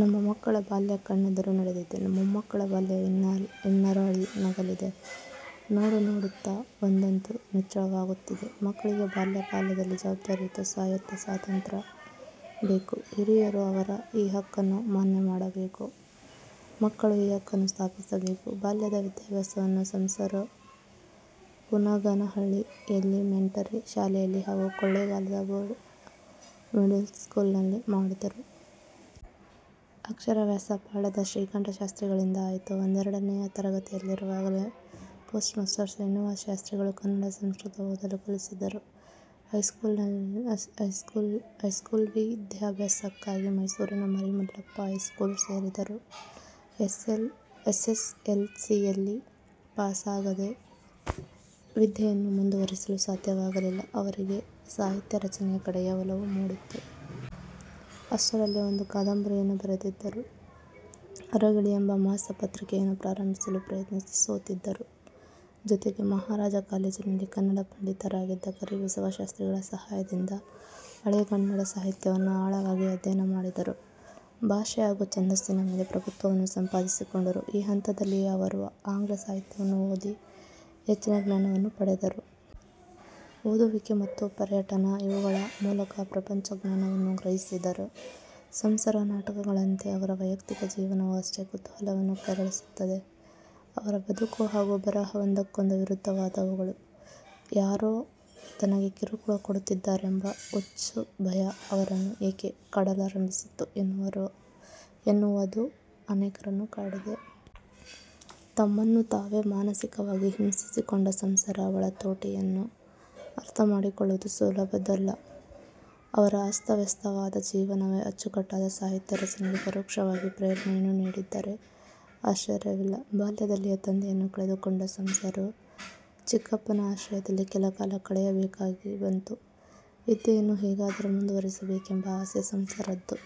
ನಮ್ಮ ಮಕ್ಕಳ ಬಾಲ್ಯ ಕಣ್ಣೆದುರೆ ನಡೆದಿದೆ. ಮೊಮ್ಮಕ್ಕಳ ಬಾಲ್ಯ ಇನ್ನರಳಿ ನಗಲಿದೆ. ನೋಡುನೋಡುತ್ತಾ ಒಂದಂತೂ ನಿಚ್ಚಳವಾಗುತ್ತಿದೆ ಮಕ್ಕಳಿಗೆ ಬಾಲ್ಯಕಾಲದಲ್ಲಿ ಜವಾಬ್ದಾರಿಯುತ ಸ್ವಾಯತ್ತೆ-ಸ್ವಾತಂತ್ಯ್ರ ಬೇಕು. ಹಿರಿಯರು ಅವರ ಈ ಹಕ್ಕನ್ನು ಮಾನ್ಯಮಾಡಬೇಕು. ಮಕ್ಕಳು ಈ ಹಕ್ಕನ್ನು ಸ್ಥಾಪಿಸಬೇಕು. ಬಾಲ್ಯದ ವಿದ್ಯಾಭ್ಯಾಸವನ್ನು ಸಂಸರು ಕುನಗನಹಳ್ಳಿ ಎಲಿಮೆಂಟರಿ ಶಾಲೆಯಲ್ಲಿ ಹಾಗೂ ಕೊಳ್ಳೆಗಾಲದ ಬೋರ್ಡ ಮಿಡಲ್ಸ್ಕೂಲಿನಲ್ಲಿ ಮಾಡಿದರು. ಅಕ್ಷರಾಭ್ಯಾಸ ಪಾಳ್ಯದ ಶ್ರೀಕಂಠ ಶಾಸ್ತ್ರಿಗಳಿಂದ ಆಯಿತು. ಒಂದೆರಡನೆಯ ತರಗತಿಯಲ್ಲಿರುವಾಗಲೇ ಪೋಸ್ಟ್ಮಾಸ್ಟರ್ ಶ್ರೀನಿವಾಸ ಶಾಸ್ತ್ರಿಗಳು ಕನ್ನಡ, ಸಂಸ್ಕೃತ ಓದಲು ಕಲಿಸಿದರು. ಹೈಸ್ಕೂಲ್ವಿದ್ಯಾಭ್ಯಾಸಕ್ಕಾಗಿ ಮೈಸೂರಿನ ಮರಿಮಲ್ಲಪ್ಪ ಹೈಸ್ಕೂಲು ಸೇರಿದರು. ಎಸ್. ಎಸ್. ಎಲ್. ಸಿಯಲ್ಲಿ ಪಾಸಾಗದೇ ವಿದ್ಯೆಯನ್ನು ಮುಂದುವರಿಸಲು ಸಾಧ್ಯವಾಗಲಿಲ್ಲ. ಅವರಿಗೆ ಸಾಹಿತ್ಯ ರಚನೆಯ ಕಡೆಗೆ ಒಲವು ಮೂಡಿತ್ತು. ಅಷ್ಟರಲ್ಲೇ ಒಂದು ಕಾದಂಬರಿಯನ್ನೂ ಬರೆದಿದ್ದರು. 'ಅರಗಿಳಿ' ಎಂಬ ಮಾಸ ಪತ್ರಿಕೆಯನ್ನು ಪ್ರಾರಂಭಿಸಲು ಪ್ರಯತ್ನಿಸಿ ಸೋತಿದ್ದರು. ಜೊತೆಗೆ ಮಹಾರಾಜಾ ಕಾಲೇಜಿನಲ್ಲಿ ಕನ್ನಡ ಪಂಡಿತರಾಗಿದ್ದ ಕರಿಬಸವ ಶಾಸ್ತ್ರಿಗಳ ಸಹಾಯದಿಂದ ಹಳಗನ್ನಡ ಸಾಹಿತ್ಯವನ್ನು ಆಳವಾಗಿ ಅಧ್ಯಯನ ಮಾಡಿದರು. ಭಾಷೆ ಹಾಗೂ ಛಂದಸ್ಸಿನ ಮೇಲೆ ಪ್ರಭುತ್ವವನ್ನು ಸಂಪಾದಿಸಿಕೊಂಡರು. ಈ ಹಂತದಲ್ಲಿಯೇ ಅವರು ಆಂಗ್ಲ ಸಾಹಿತ್ಯವನ್ನೂ ಓದಿ ಹೆಚ್ಚಿನ ಜ್ಞಾನವನ್ನು ಪಡೆದರು. ಓದುವಿಕೆ ಮತ್ತು ಪರ್ಯಟನ ಇವುಗಳ ಮೂಲಕ ಪ್ರಪಂಚ ಜ್ಞಾನವನ್ನು ಗ್ರಹಿಸಿದರು. ಸಂಸರ ನಾಟಕಗಳಂತೆ ಅವರ ವೈಯಕ್ತಿಕ ಜೀವನವೂ ಅಷ್ಟೇ ಕುತೂಹಲವನ್ನು ಕೆರಳಿಸುತ್ತದೆ. ಅವರ ಬದುಕು ಹಾಗೂ ಬರಹ ಒಂದಕ್ಕೊಂದು ವಿರುದ್ಧವಾದವುಗಳು. ಯಾರೋ ತನಗೆ ಕಿರುಕುಳ ಕೊಡುತ್ತಿದ್ದಾರೆಂಬ ಹುಚ್ಚುಭಯ ಅವರನ್ನು ಏಕೆ ಕಾಡಲಾರಂಭಿಸಿತು ಎನ್ನುವದು ಅನೇಕರನ್ನು ಕಾಡಿದೆ. ತಮ್ಮನ್ನು ತಾವೇ ಮಾನಸಿಕವಾಗಿ ಹಿಂಸಿಸಿಕೊಂಡ ಸಂಸರ ಒಳತೋಟಿಯನ್ನು ಅರ್ಥ ಮಾಡಿಕೊಳ್ಳುವುದು ಸುಲಭದ್ದಲ್ಲ. ಅವರ ಅಸ್ತವ್ಯಸ್ತವಾದ ಜೀವನವೇ ಅಚ್ಚುಕಟ್ಟಾದ ಸಾಹಿತ್ಯ ರಚನೆಗೆ ಪರೋಕ್ಷವಾಗಿ ಪ್ರೇರಣೆಯನ್ನು ನೀಡಿದ್ದರೆ ಆಶ್ಚರ್ಯವಿಲ್ಲ. ಬಾಲ್ಯದಲ್ಲಿಯೇ ತಂದೆಯನ್ನು ಕಳೆದುಕೊಂಡ ಸಂಸರು ಚಿಕ್ಕಪ್ಪನ ಆಶ್ರಯದಲ್ಲಿ ಕೆಲಕಾಲ ಕಳೆಯಬೇಕಾಗಿ ಬಂತು. ವಿದ್ಯೆಯನ್ನು ಹೇಗಾದರೂ ಮುಂದುವರೆಸಬೇಕೆಂಬ ಆಸೆ ಸಂಸರದ್ದು.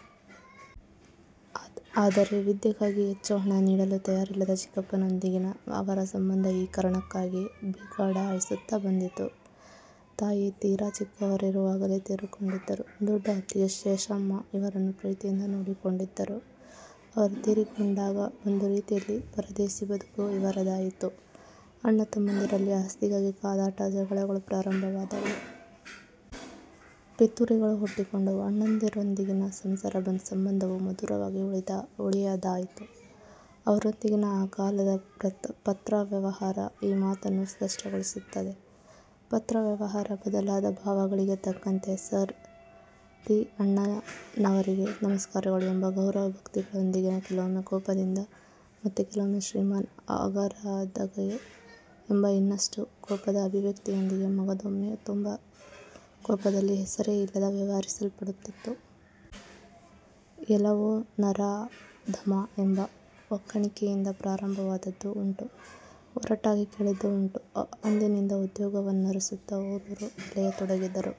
ಆದರೆ ವಿದ್ಯೆಗಾಗಿ ಹೆಚ್ಚು ಹಣನೀಡಲು ತಯಾರಿಲ್ಲದ ಚಿಕ್ಕಪ್ಪನೊಂದಿಗಿನ ಅವರ ಸಂಬಂಧ ಈ ಕಾರಣಕ್ಕಾಗಿಯೇ ಬಿಗಡಾಯಿಸುತ್ತ ಬಂದಿತು. ತಾಯಿ ತೀರಾ ಚಿಕ್ಕವರಿರುವಾಗಲೇ ತೀರಿಕೊಂಡಿದ್ದರೂ ದೊಡ್ಡ ಅತ್ತಿಗೆ ಶೇಷಮ್ಮ ಇವರನ್ನು ಪ್ರೀತಿಯಿಂದ ನೋಡಿಕೊಂಡಿದ್ದರು. ಅವರು ತೀರಿಕೊಂಡಾಗ ಒಂದು ರೀತಿಯಲ್ಲಿ ಪರದೇಶಿ ಬದುಕು ಇವರದಾಯಿತು. ಅಣ್ಣ ತಮ್ಮಂದಿರಲ್ಲಿ ಆಸ್ತಿಗಾಗಿ ಕಾದಾಟ ಜಗಳಗಳೂ ಪ್ರಾರಂಭವಾದವು. ಪಿತೂರಿಗಳು ಹುಟ್ಟಿಕೊಂಡವು. ಅಣ್ಣಂದಿರೊಂದಿಗಿನ ಸಂಸರ ಸಂಬಂಧವು ಮಧುರವಾಗಿ ಉಳಿಯದಾಯಿತು. ಅವರೊಂದಿಗಿನ ಆ ಕಾಲದ ಪತ್ರವ್ಯವಹಾರ ಈ ಮಾತನ್ನು ಸ್ಪಷ್ಟಗೊಳಿಸುತ್ತದೆ. ಪತ್ರ ವ್ಯವಹಾರ ಬದಲಾದ ಭಾವಗಳಿಗೆ ತಕ್ಕಂತೆ ಸರ್, ತಿ ಅಣ್ಣನವರಿಗೆ ನಮಸ್ಕಾರಗಳು ಎಂಬ ಗೌರವ ಭಕ್ತಿಗಳೊಂದಿಗಿನ ಕೆಲವೊಮ್ಮೆ ಕೋಪದಿಂದ, ಮತ್ತೆ ಕೆಲವೊಮ್ಮೆ 'ಶ್ರೀಮಾನ್ಅಗರದ ಗೆ' ಎಂಬ ಇನ್ನಷ್ಟು ಕೋಪದ ಅಭಿವ್ಯಕ್ತಿಯೊಂದಿಗೆ, ಮಗದೊಮ್ಮೆ ತುಂಬ ಕೋಪದಲ್ಲಿ ಹೆಸರೇ ಇಲ್ಲದೆ ವ್ಯವಹರಿಸಲ್ಪಡುತ್ತಿತ್ತು. 'ಎಲವೋ ನರಾಧಮಾ' ಎಂಬ ಒಕ್ಕಣಿಕೆಯಿಂದ ಪ್ರಾರಂಭವಾದದ್ದೂ ಉಂಟು. ಒರಟಾಗಿ ಕೇಳಿದ್ದೂ ಉಂಟು. ಅಂದಿನಿಂದ ಉದ್ಯೋಗವನ್ನರಸುತ್ತ ಊರೂರು ಅಲೆಯತೊಡಗಿದರು.